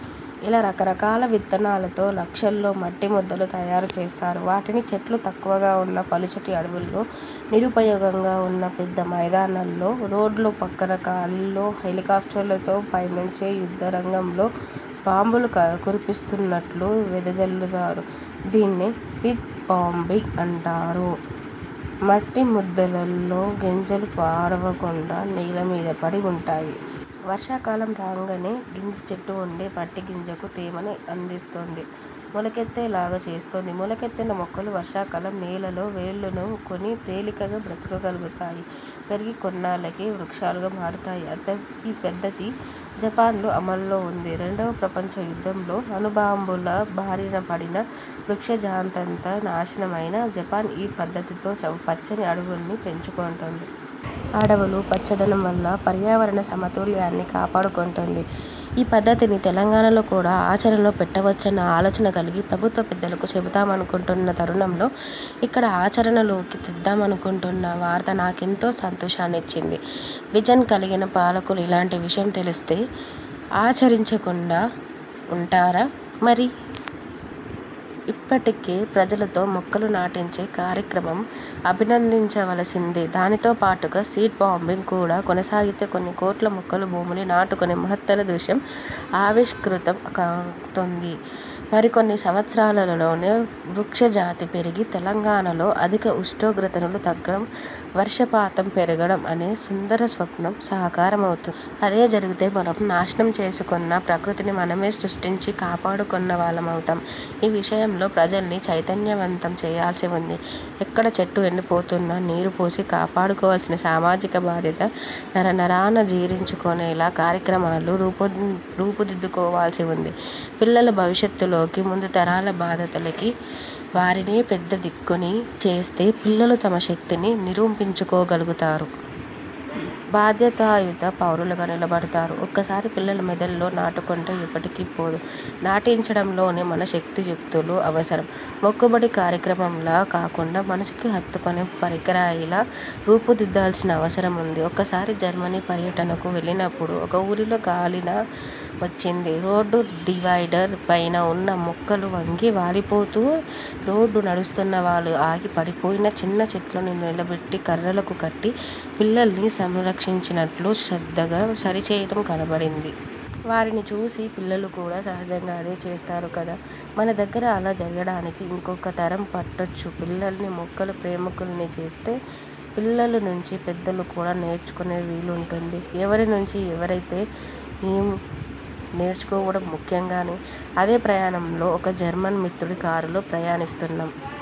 ఇలా రకరకాల విత్తనాలతో లక్షల్లో మట్టి ముద్దలు తయారుచేస్తారు. వాటిని చెట్లు తక్కువగా వున్న పలుచటి అడవుల్లో, నిరుపయోగంగా వున్న పెద్ద మైదానాల్లో, రోడ్ల పక్కన ఖాళీల్లో హెలికాఫ్టర్లతో పైనుంచే యుద్ధరంగంలో బాంబులు కురిపిస్తున్నట్లు వెదజల్లుతారు. దీన్నే 'సీడ్ బాంబింగ్' అంటారు. మట్టి ముద్దల్లల్లో గింజలు పాడవకుండా నేలమీద పడి వుంటాయి. వర్షాకాలం రాంగానే గింజ చుట్టూ వుండే మట్టి గింజకు తేమని అందిస్తుంది. మొలకెత్తే లాగా చేస్తుంది. మొలకెత్తిన మొక్కలు వర్షాకాలం నేలలో వేళ్ళూనుకొని తేలికగా బ్రతుకగలుగుతాయి. పెరిగి కొన్నేళ్ళకి వృక్షాలుగా మారుతాయి. ఈ పద్ధతి జపాన్లో అమల్లో వుంది. రెండవ ప్రపంచ యుద్ధంలో అణుబాంబుల బారినపడి వృక్షజాతంతా నాశనం అయిన జపాన్ ఈ పద్ధతితో పచ్చని అడవుల్ని పెంచుకుంటోంది. అడవులూ, పచ్చదనం వల్ల పర్యావరణ సమతుల్యాన్ని కాపాడుకుంటోంది. ఈ పద్ధతిని తెలంగాణలో కూడా ఆచరణలో పెట్టవచ్చన్న ఆలోచన కలిగి, ప్రభుత్వ పెద్దలకు చెబుదామనుకుంటున్న తరుణంలో, ఇక్కడా ఆచరణలోకి తెద్దామనుకుంటున్న వార్త నాకెంతో సంతోషాన్నిచ్చింది. విజన్ కలిగిన పాలకులు ఇలాంటి విషయం తెలిస్తే ఆచరించకుండా ఉంటారా మరి! ఇప్పటికే ప్రజలతో మొక్కలు నాటించే కార్యక్రమం అభినందించవలసిందే. దానితో పాటుగా సీడ్ బాంబింగ్ కూడా కొనసాగితే కొన్ని కోట్ల మొక్కలు భూమిలో నాటుకొనే మహత్తర దృశ్యం ఆవిష్కృతం కాటుంది. మరికొన్ని సంవత్సరాలలోనే వృక్షజాతి పెరిగి, తెలంగాణలో అధిక ఉష్ణోగ్రతలు తగ్గడం, వర్షపాతం పెరగడం అనే సుందర స్వప్నం సాకారమవుతుంది. అదే జరిగితే మనం నాశనం చేసుకొన్న ప్రకృతిని మనమే సృష్టించి కాపాడుకొన్న వాళ్ళమవుతాం. ఈ విషయంలో ప్రజల్ని చైతన్యవంతం చెయ్యాల్సి వుంది. ఎక్కడ చెట్టు ఎండిపోతున్నా నీరుపోసి కాపాడుకోవాల్సిన సామాజిక బాధ్యత నరనరానా జీర్ణించుకొనేలా కార్యక్రమాలు రూపుదిద్దుకోవాల్సి వుంది. పిల్లల భవిష్యత్తుకీ, ముందుతరాల బాధ్యతకీ వారినే పెద్ద దిక్కుని చేస్తే పిల్లలు తమ శక్తిని నిరూపించుకోగలుగుతారు. బాధ్యతాయుత పౌరులుగా నిలబడతారు. ఒక్కసారి పిల్లల మెదళ్ళలో నాటుకొంటే ఎప్పటికీ పోదు. నాటించడంలోనే మన శక్తియుక్తులు అవసరం. మొక్కుబడి కార్యక్రమంలా కాకుండా మనసుకి హత్తుకొనే ప్రక్రియలా రూపుదిద్దాల్సిన అవసరం వుంది. ఒకసారి జర్మనీ పర్యటనకు వెళ్ళినప్పుడు ఒక ఊరిలో గాలిన వచ్చింది. రోడ్డు డివైడర్ పైన వున్న మొక్కలు వంగి వాలిపోతే రోడ్డున నడుస్తున్న వాళ్ళు ఆగి పడిపోయిన చిన్న చెట్లను నిలబెట్టి కర్రలకు కట్టి పసిపిల్లల్ని సంరక్షించినట్లు శ్రద్ధగా సరిచెయ్యడం కనబడింది. వారిని చూసి పిల్లలు కూడా సహజంగా అదే చేస్తారు కదా. మనదగ్గర అలా జరగడానికి ఇంకొక తరం పట్టొచ్చు పిల్లల్ని మొక్కల ప్రేమికుల్ని చేస్తే! పిల్లల నుంచీ పెద్దలు కూడా నేర్చుకొనే వీలుంటుంది. ఎవరి నుంచి ఎవరయితే ఏం నేర్చుకోవడం ముఖ్యంగానీ. అదే ప్రయాణంలో ఒక జర్మన్ మిత్రుడి కారులో ప్రయాణిస్తున్నాం.